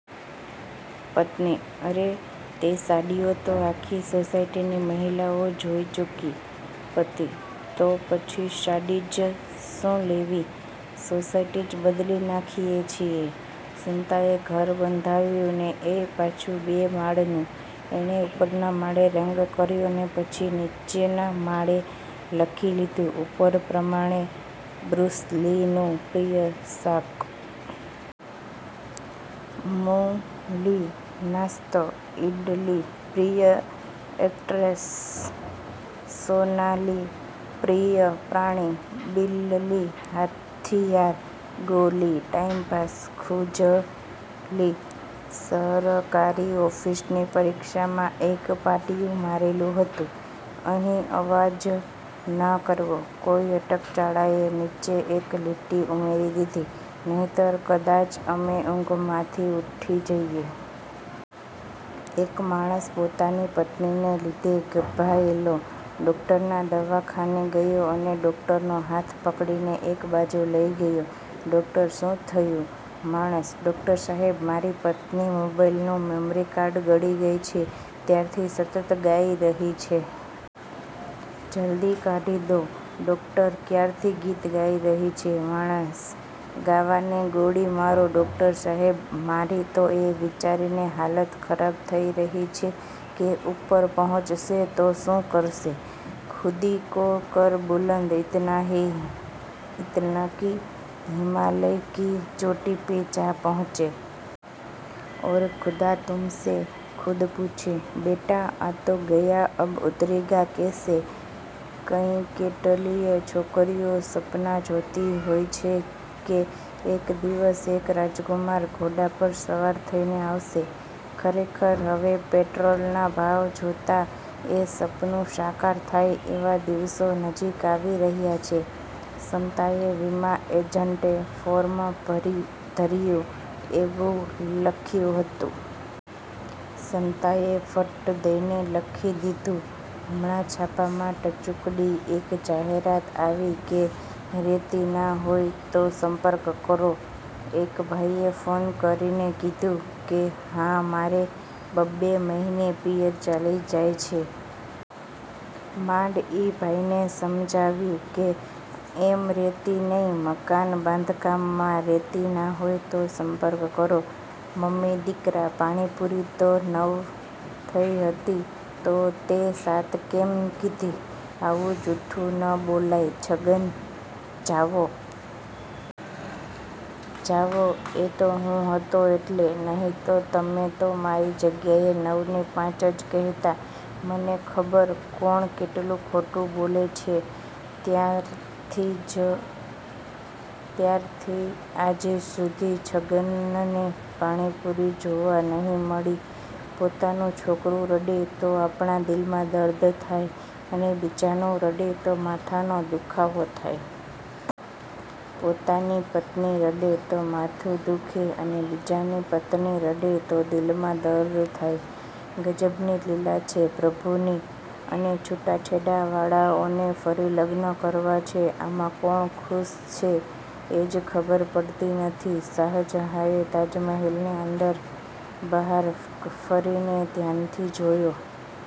પત્ની: અરે તે સાડીઓ તો આખી સોસાયટીની મહિલાઓ જોઈ ચુકી. પતિ: તો પછી સાડી જ શું લેવી, સોસાયટી જ બદલી નાખીએ છીએ. સંતાએ ઘર બંધાવ્યું ને એય પાછું બે માળનું… એણે ઉપરના માળે રંગ કર્યો… ને પછી નીચેના માળે લખી લીધું… '' ઉપર પ્રમાણે… બ્રુસ લી નું પ્રિય શાક? મૂ-લી, નાસ્તો, ઈડ-લી. પ્રિય એક્ટ્રેસ? સોના-લી, પ્રિય પ્રાણી? બિલ-લી, હથિયાર? ગો-લી, ટાઈમપાસ? ખુજ-લી. સરકારી ઓફિસની પરીક્ષામાં એક પાટિયું મારેલું હતું: અહીં અવાજ ના કરવો. કોઈ અટકચાળાએ નીચે એક લીટી ઉમેરી દીધી: નહીતર કદાચ અમે ઊંઘમાંથી ઊઠી જઈએ. એક માણસ પોતાની પત્નીને લીધે ગભાયેલો ડોક્ટરના દવાખાને ગયો અને ડોક્ટરનો હાથ પકડીને એક બાજુ લઇ ગયો, ડોક્ટર: શું થયું??? માણસ: ડોક્ટર સાહેબ, મારી પત્ની મોબાઈલ નું મેમરી કાર્ડ ગળી ગઈ છે, ત્યારથી સતત ગાઈ રહી છે. જલ્દી કાઢી દો. ડોક્ટર: ક્યારથી ગીત ગાઇ રહી છે? માણસ: ગાવાને ગોળી મારો ડોક્ટર સાહેબ, મારી તો એ વિચારીને હાલત ખરાબ થઇ રહી છે કે ઉપર પહોચશે તો શું કરશે??? ખુદી કો કર બુલંદ ઈતના હિ ઈતના કી હિમાલય કી ચોટી પે જા પહોંચે. ઔર ખુદા તુમસે ખુદ પૂછે: બેટા, આ તો ગયા અબ ઊતરેગા કૈસે? કંઈ કેટલીય છોકરીઓ સપનાં જોતી હોય છે કે એક દિવસ એક રાજકુમાર ઘોડા પર સવાર થઈને આવશે…. ખરેખર! હવે પેટ્રોલના ભાવ જોતાં એ સપનું સાકાર થાય એવા દિવસો નજીક આવી રહ્યાં છે… સંતા એ વિમા એજન્ટે ફોર્મ ધર્યું એવું લખ્યું હતું. સંતાએ ફટ દઈને લખી દીધું: હમણાં છાપામાં ટચુકડી એક જાહેરાત આવી કે, "રેતી ના હોય તો સંપર્ક કરો. " એક ભાઈએ ફોન કરીને કીધું કે, હા, મારે બબ્બે મહિને પિયર ચાલી જાય છે!! માંડ ઈ ભાઈને સમજાવ્યું કે એમ રેતી નઈ, મકાન બાંધકામ માં રેતી ના હોય તો સંપર્ક કરો. મમ્મી: દીકરા પાણીપુરી તો નવ થઇ હતી તો તે સાત કેમ કીધી? આવું જૂઠું ન બોલાય છગન: જાવો.. જાવો એ તો હું હતો એટલ નહીં તો તમે તો મારી જગ્યાએ નવ ની પાંચ જ કહેતા મને ખબર કોણ કેટલું ખોટું બોલે છે. ત્યારથી જ ત્યારથી આજે સુધી છગનને પાણીપુરી જોવા નહિ મળી. પોતાનું છોકરું રડે તો આપણા દિલમાં દર્દ થાય અને બીજાનું રડે તો માથાનો દુખાવો થાય. પોતાની પત્ની રડે તો માથું દુખે અને બીજાની પત્ની રડે તો દિલમાં દર્દ થાય. ગજબ ની લીલા છે પ્રભુ ની! અને છૂટાછેડા વાળાઓને ફરી લગ્ન કરવા છે! આમાં કોણ ખુશ છે એજ ખબર પડતી નથી. શાહજહાએ તાજમહેલને અંદર, બહાર ફરીને ધ્યાનથી જોયો.